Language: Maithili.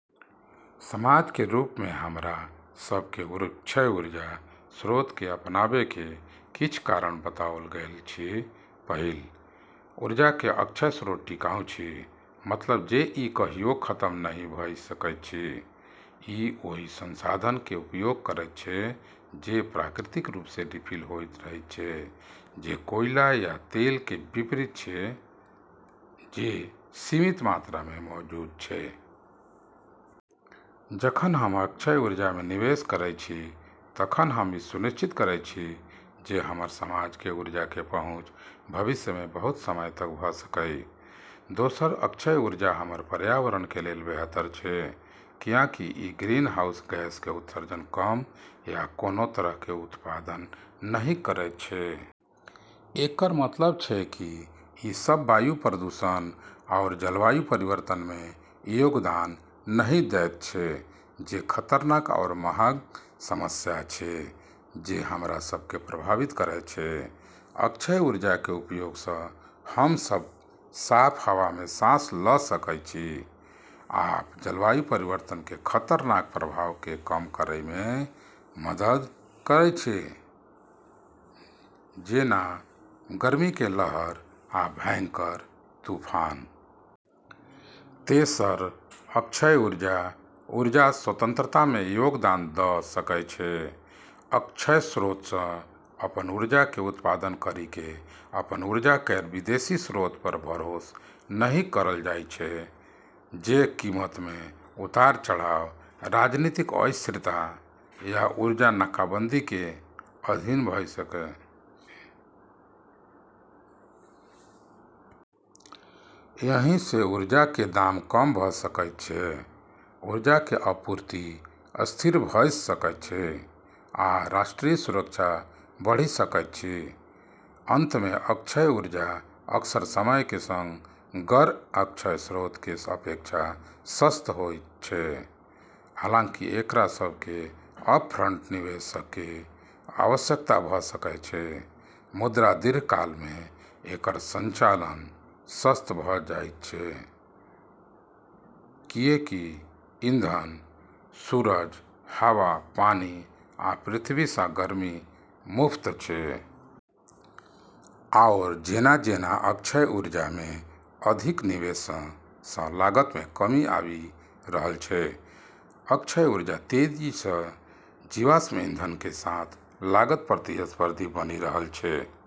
समाजके रूपमे हमरा सभके अक्षय ऊर्जा स्रोतके अपनाबैके किछ कारण बताओल गेल अछि: पहिल, ऊर्जाके अक्षय स्रोत टिकाऊ अछि, मतलब जे ई कहियो खतम नहि भ' सकैत अछि। ई ओइ संसाधनके उपयोग करैत छै जे प्राकृतिक रूपसँ रिफिल होइत रहैत छै, जे कोयला या तेलके विपरीत छै जे सीमित मात्रामे मौजूद छै। जखन हम अक्षय ऊर्जामे निवेश करै छी तखन हम ई सुनिश्चित करै छी जे हमर समाजके ऊर्जाके पहुँच भविष्यमे बहुत समय तक भ' सकै। दोसर, अक्षय ऊर्जा हमर पर्यावरणके लेल बेहतर छै, कियाकि ई ग्रीनहाउस गैसके उत्सर्जन कम या कोनो तरहके उत्पादन नहि करैत छै। एकर मतलब छै कि ई सब वायु प्रदूषण आओर जलवायु परिवर्तनमे योगदान नहि दैत छै, जे खतरनाक आओर महाग समस्या छै जे हमरा सबके प्रभावित करै छै। अक्षय ऊर्जाके उपयोगसँ हम सब साफ हवामे सांस ल' सकै छी, आ जलवायु परिवर्तनके खतरनाक प्रभावके कम करैमे मदद करि सकै छी, जेना गर्मीके लहर आ भयंकर तूफान। तेसर, अक्षय ऊर्जा, ऊर्जा- स्वतंत्रतामे योगदान द' सकै छै। अक्षय स्रोतसँ अपन ऊर्जाके उत्पादन करिके अपन ऊर्जा केर विदेशी स्रोत पर भरोस नहि करल जाइ छै जे कीमतमे उतार-चढ़ाव, राजनीतिक अस्थिरता या ऊर्जा नाकाबंदीके अधीन भ' सकै छै। एहिसँ ऊर्जाके दाम कम भ' सकैत अछि, ऊर्जाके आपूर्ति स्थिर भ' सकैत अछि, आ राष्ट्रीय सुरक्षा बढ़ि सकैत अछि। अंतमे, अक्षय ऊर्जा अक्सर समयके सङ्ग गैर-अक्षय स्रोतके अपेक्षा सस्त होइत छै। हालांकि एकरा सबके अप-फ्रंट निवेशके आवश्यकता भ' सकय छै, मुदा दीर्घकालमे एकर संचालन सस्त भ' जाइत छै, किएकि ईंधन (सूरज, हवा, पानि, आ पृथ्वीसँ गर्मी) मुफ्त छै। आओर जेना-जेना अक्षय ऊर्जामे अधिक निवेशसँ लागतमे कमी आबि रहल छै, अक्षय ऊर्जा तेजीसँ जीवाश्म ईंधनके साथ लागत-प्रतिस्पर्धी बनि रहल छै।